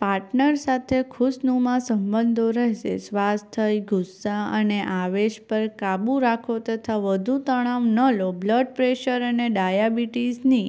Partner સાથે ખુશનુમા સંબંધો રહેશે. સ્વાસ્થ્ય:- ગુસ્સા અને આવેશ પર કાબૂ રાખો તથા વધુ તણાવ ન લો. બ્લડ પ્રેશર અને ડાયાબિટીસની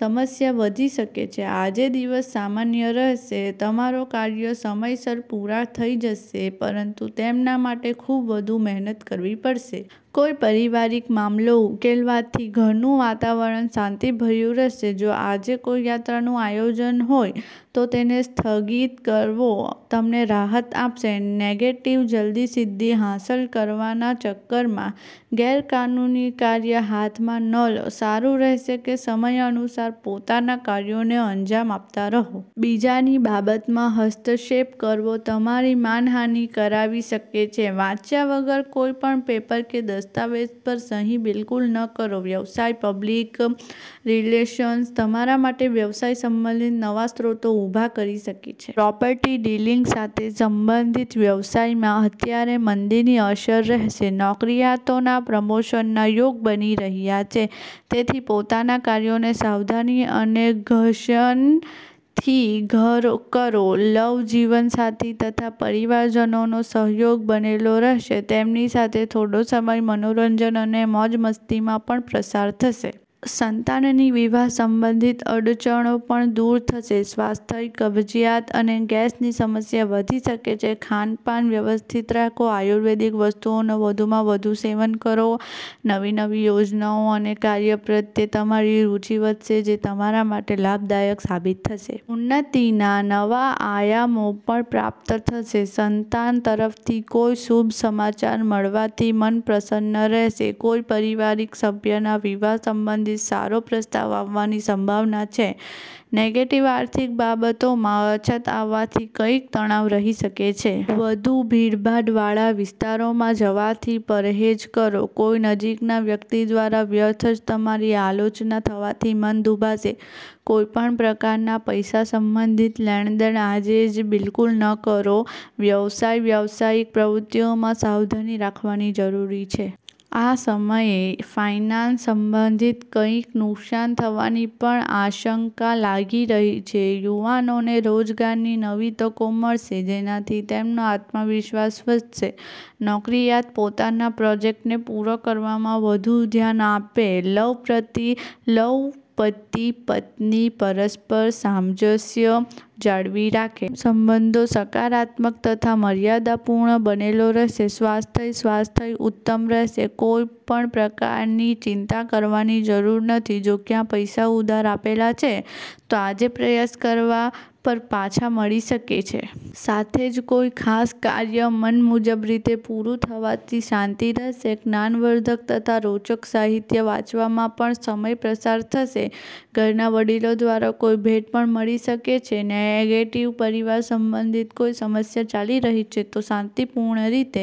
સમસ્યા વધી શકે છે. આજે દિવસ સામાન્ય રહેશે. તમારા કાર્યો સમયસર પૂરા થઈ જશે, પરંતુ તેના માટે ખૂબ વધુ મહેનત કરવી પડશે. કોઈ પારિવારિક મામલો ઉકેલાવાથી ઘરનું વાતાવરણ શાંતિભર્યું રહેશે. જો આજે કોઈ યાત્રાનું આયોજન હોય, તો તેને સ્થગિત કરવો તમને રાહત આપશે. નેગેટિવ:- જલ્દી સિદ્ધિ હાંસલ કરવાના ચક્કરમાં ગેરકાનૂની કાર્ય હાથમાં ન લો. સારું રહેશે કે સમય અનુસાર પોતાના કાર્યોને અંજામ આપતા રહો. બીજાની બાબતમાં હસ્તક્ષેપ કરવો તમારી માનહાનિ કરાવી શકે છે. વાંચ્યા વગર કોઈ પણ પેપર કે દસ્તાવેજ પર સહી બિલકુલ ન કરો. વ્યવસાય:- પબ્લિક રિલેશન્સ તમારા માટે વ્યવસાય સંબંધિત નવા સ્ત્રોતો ઊભા કરી શકે છે. પ્રોપર્ટી ડીલિંગ સાથે સંબંધિત વ્યવસાયમાં અત્યારે મંદીની અસર રહેશે. નોકરીયાતોના પ્રમોશનના યોગ બની રહ્યા છે, તેથી પોતાના કાર્યોને સાવધાની અને ધગશથી કરો. લવ:- જીવનસાથી તથા પરિવારજનોનો સહયોગ બનેલો રહેશે. તેમની સાથે થોડો સમય મનોરંજન અને મોજ-મસ્તીમાં પણ પસાર થશે. સંતાનની વિવાહ સંબંધિત અડચણો પણ દૂર થશે. સ્વાસ્થ્ય:- કબજિયાત અને ગેસની સમસ્યા વધી શકે છે. ખાનપાન વ્યવસ્થિત રાખો, આયુર્વેદિક વસ્તુઓનું વધુમાં વધુ સેવન કરો. નવી-નવી યોજનાઓ અને કાર્યો પ્રત્યે તમારી રુચિ વધશે, જે તમારા માટે લાભદાયક સાબિત થશે. ઉન્નતિના નવા આયામો પણ પ્રાપ્ત થશે. સંતાન તરફથી કોઈ શુભ સમાચાર મળવાથી મન પ્રસન્ન રહેશે. કોઈ પારિવારિક સભ્યના વિવાહ સંબંધિત સારો પ્રસ્તાવ આવવાની સંભાવના છે. નેગેટિવ:- આર્થિક બાબતોમાં અછત આવવાથી કંઈક તણાવ રહી શકે છે. વધુ ભીડભાડ વાળા વિસ્તારોમાં જવાથી પરહેજ કરો. કોઈ નજીકના વ્યક્તિ દ્વારા વ્યર્થ જ તમારી આલોચના થવાથી મન દુભાશે. કોઈ પણ પ્રકારની પૈસા સંબંધિત લેણ-દેણ આજે બિલકુલ ન કરો. વ્યવસાય- વ્યાવસાયિક પ્રવૃત્તિઓમાં સાવધાની રાખવાની જરૂર છે. આ સમયે ફાઇનાન્સ સંબંધિત કંઈક નુકસાન થવાની પણ આશંકા લાગી રહી છે. યુવાનોને રોજગારની નવી તકો મળશે, જેનાથી તેમનો આત્મવિશ્વાસ વધશે. નોકરીયાત પોતાના પ્રોજેક્ટને પૂરો કરવામાં વધુ ધ્યાન આપે. લવ- પતિ-પત્ની પરસ્પર સામંજસ્ય જાળવી રાખે. પ્રેમ સંબંધો સકારાત્મક તથા મર્યાદાપૂર્ણ બનેલા રહેશે. સ્વાસ્થ્ય- સ્વાસ્થ્ય ઉત્તમ રહેશે. કોઈ પણ પ્રકારની ચિંતા કરવાની જરૂર નથી. જો ક્યાંક પૈસા ઉધાર આપેલા છે, તો આજે પ્રયાસ કરવા પર પાછા મળી શકે છે. સાથે જ કોઈ ખાસ કાર્ય મન મુજબ રીતે પૂરું થવાથી શાંતિ રહેશે. જ્ઞાનવર્ધક તથા રોચક સાહિત્ય વાંચવામાં પણ સમય પસાર થશે. ઘરના વડીલો દ્વારા કોઈ ભેટ પણ મળી શકે છે. નેગેટિવ- પરિવાર સંબંધિત કોઈ સમસ્યા ચાલી રહી છે, તો શાંતિપૂર્ણ રીતે